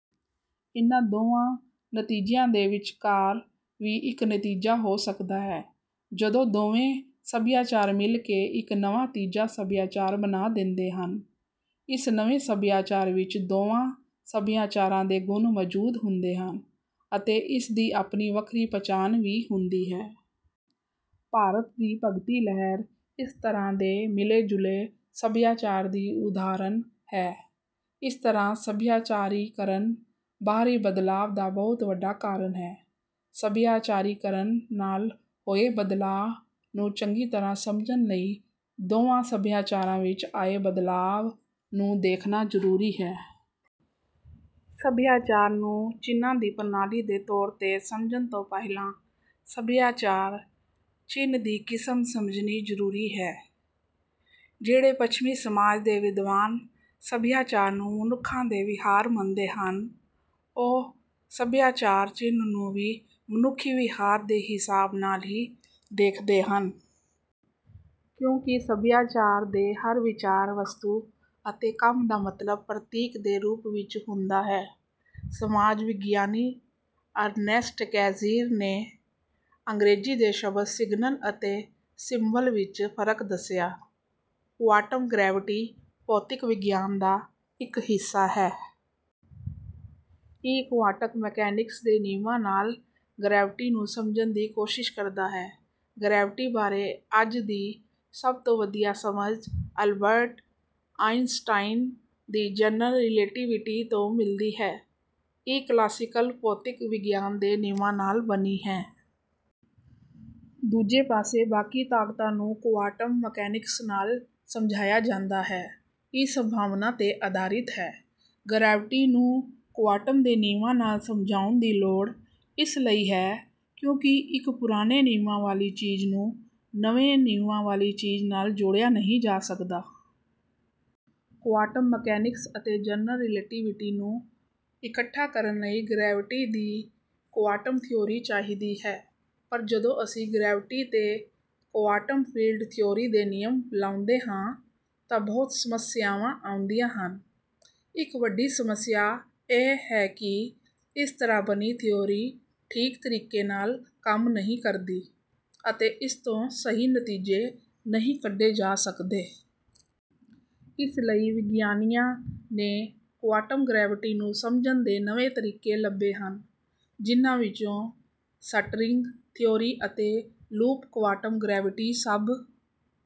ਇਨ੍ਹਾਂ ਦੋਵਾਂ ਨਤੀਜਿਆਂ ਦੇ ਵਿਚਕਾਰ ਵੀ ਇੱਕ ਨਤੀਜਾ ਹੋ ਸਕਦਾ ਹੈ। ਜਦੋਂ ਦੋਵੇਂ ਸਭਿਆਚਾਰ ਮਿਲ ਕੇ ਇੱਕ ਨਵਾਂ ਤੀਜਾ ਸਭਿਆਚਾਰ ਬਣਾ ਦਿੰਦੇ ਹਨ। ਇਸ ਨਵੇਂ ਸਭਿਆਚਾਰ ਵਿੱਚ ਦੋਵਾਂ ਸਭਿਆਚਾਰਾਂ ਦੇ ਗੁਣ ਮੌਜੂਦ ਹੁੰਦੇ ਹਨ ਅਤੇ ਇਸਦੀ ਆਪਣੀ ਵੱਖਰੀ ਪਛਾਣ ਵੀ ਹੁੰਦੀ ਹੈ। ਭਾਰਤ ਦੀ ਭਗਤੀ ਲਹਿਰ ਇਸ ਤਰ੍ਹਾਂ ਦੇ ਮਿਲੇ ਜੁਲੇ ਸਭਿਆਚਾਰ ਦੀ ਉਦਾਹਰਨ ਹੈ। ਇਸ ਤਰ੍ਹਾਂ ਸੱਭਿਆਚਾਰੀਕਰਨ ਬਾਹਰੀ ਬਦਲਾਅ ਦਾ ਬਹੁਤ ਵੱਡਾ ਕਾਰਨ ਹੈ। ਸੱਭਿਆਚਾਰੀਕਰਨ ਨਾਲ ਹੋਏ ਬਦਲਾਅ ਨੂੰ ਚੰਗੀ ਤਰ੍ਹਾਂ ਸਮਝਣ ਲਈ ਦੋਵਾਂ ਸਭਿਆਚਾਰਾਂ ਵਿੱਚ ਆਏ ਬਦਲਾਅ ਨੂੰ ਦੇਖਣਾ ਜ਼ਰੂਰੀ ਹੈ। ਸਭਿਆਚਾਰ ਨੂੰ ਚਿੰਨ੍ਹਾਂ ਦੀ ਪ੍ਰਣਾਲੀ ਦੇ ਤੌਰ ਤੇ ਸਮਝਣ ਤੋਂ ਪਹਿਲਾਂ ਸਭਿਆਚਾਰਕ ਚਿੰਨ੍ਹ ਦੀ ਕਿਸਮ ਸਮਝਣੀ ਜ਼ਰੂਰੀ ਹੈ। ਜਿਹੜੇ ਪੱਛਮੀ ਸਮਾਜ ਦੇ ਵਿਦਵਾਨ ਸਭਿਆਚਾਰ ਨੂੰ ਮਨੁੱਖਾਂ ਦੇ ਵਿਹਾਰ ਮੰਨਦੇ ਹਨ ਉਹ ਸਭਿਆਚਾਰਕ ਚਿੰਨ੍ਹ ਨੂੰ ਵੀ ਮਨੁੱਖੀ ਵਿਹਾਰ ਦੇ ਹਿਸਾਬ ਨਾਲ ਹੀ ਦੇਖਦੇ ਹਨ। ਕਿਉਂਕਿ ਸਭਿਆਚਾਰ ਦੇ ਹਰ ਵਿਚਾਰ ਵਸਤੂ ਅਤੇ ਕੰਮ ਦਾ ਮਤਲਬ ਪ੍ਰਤੀਕ ਦੇ ਰੂਪ ਵਿੱਚ ਹੁੰਦਾ ਹੈ। ਸਮਾਜ ਵਿਗਿਆਨੀ ਅਰਨੈਸਟ ਕੈਜ਼ੀਰ ਨੇ ਅੰਗਰੇਜ਼ੀ ਦੇ ਸ਼ਬਦ ਸਿਗਨਲ ਅਤੇ ਸਿੰਬਲ ਵਿੱਚ ਫਰਕ ਦੱਸਿਆ। ਕੁਆਂਟਮ ਗਰੈਵਿਟੀ ਭੌਤਿਕ ਵਿਗਿਆਨ ਦਾ ਇੱਕ ਹਿੱਸਾ ਹੈ। ਇਹ ਕੁਆਂਟਮ ਮਕੈਨਿਕਸ ਦੇ ਨਿਯਮਾਂ ਨਾਲ ਗਰੈਵਿਟੀ ਨੂੰ ਸਮਝਣ ਦੀ ਕੋਸ਼ਿਸ਼ ਕਰਦਾ ਹੈ। ਗਰੈਵਿਟੀ ਬਾਰੇ ਅੱਜ ਦੀ ਸਭ ਤੋਂ ਵਧੀਆ ਸਮਝ ਅਲਬਰਟ ਆਈਨਸਟਾਈਨ ਦੀ ਜਨਰਲ ਰਿਲੇਟੀਵਿਟੀ ਤੋਂ ਮਿਲਦੀ ਹੈ। ਇਹ ਕਲਾਸੀਕਲ ਭੌਤਿਕ ਵਿਗਿਆਨ ਦੇ ਨਿਯਮਾਂ ਨਾਲ ਬਣੀ ਹੈ। ਦੂਜੇ ਪਾਸੇ ਬਾਕੀ ਤਾਕਤਾਂ ਨੂੰ ਕੁਆਂਟਮ ਮਕੈਨਿਕਸ ਨਾਲ ਸਮਝਾਇਆ ਜਾਂਦਾ ਹੈ। ਇਹ ਸੰਭਾਵਨਾ ਤੇ ਆਧਾਰਿਤ ਹੈ। ਗਰੈਵਿਟੀ ਨੂੰ ਕੁਆਂਟਮ ਦੇ ਨਿਯਮਾਂ ਨਾਲ ਸਮਝਾਉਣ ਦੀ ਲੋੜ ਇਸ ਲਈ ਹੈ ਕਿਉਂਕਿ ਇੱਕ ਪੁਰਾਣੇ ਨਿਯਮਾਂ ਵਾਲੀ ਚੀਜ਼ ਨੂੰ ਨਵੇਂ ਨਿਯਮਾਂ ਵਾਲੀ ਚੀਜ਼ ਨਾਲ ਜੋੜਿਆ ਨਹੀਂ ਜਾ ਸਕਦਾ। ਕੁਆਂਟਮ ਮਕੈਨਿਕਸ ਅਤੇ ਜਨਰਲ ਰਿਲੇਟੀਵਿਟੀ ਨੂੰ ਇਕੱਠਾ ਕਰਨ ਲਈ ਗਰੈਵਿਟੀ ਦੀ ਕੁਆਂਟਮ ਥਿਊਰੀ ਚਾਹੀਦੀ ਹੈ। ਪਰ ਜਦੋਂ ਅਸੀਂ ਗਰੈਵਿਟੀ ਤੇ ਕੁਆਂਟਮ ਫੀਲਡ ਥਿਊਰੀ ਦੇ ਨਿਯਮ ਲਾਉਂਦੇ ਹਾਂ ਤਾਂ ਬਹੁਤ ਸਮੱਸਿਆਵਾਂ ਆਉਂਦੀਆਂ ਹਨ। ਇੱਕ ਵੱਡੀ ਸਮੱਸਿਆ ਇਹ ਹੈ ਕਿ ਇਸ ਤਰ੍ਹਾਂ ਬਣੀ ਥਿਊਰੀ ਠੀਕ ਤਰੀਕੇ ਨਾਲ ਕੰਮ ਨਹੀਂ ਕਰਦੀ ਅਤੇ ਇਸ ਤੋਂ ਸਹੀ ਨਤੀਜੇ ਨਹੀਂ ਕੱਢੇ ਜਾ ਸਕਦੇ। ਇਸ ਲਈ ਵਿਗਿਆਨੀਆਂ ਨੇ ਕੁਆਂਟਮ ਗਰੈਵਿਟੀ ਨੂੰ ਸਮਝਣ ਦੇ ਨਵੇਂ ਤਰੀਕੇ ਲੱਭੇ ਹਨ। ਜਿਨ੍ਹਾਂ ਵਿੱਚੋਂ ਸਟਰਿੰਗ ਥਿਊਰੀ ਅਤੇ ਲੂਪ ਕੁਆਂਟਮ ਗਰੈਵਿਟੀ ਸਭ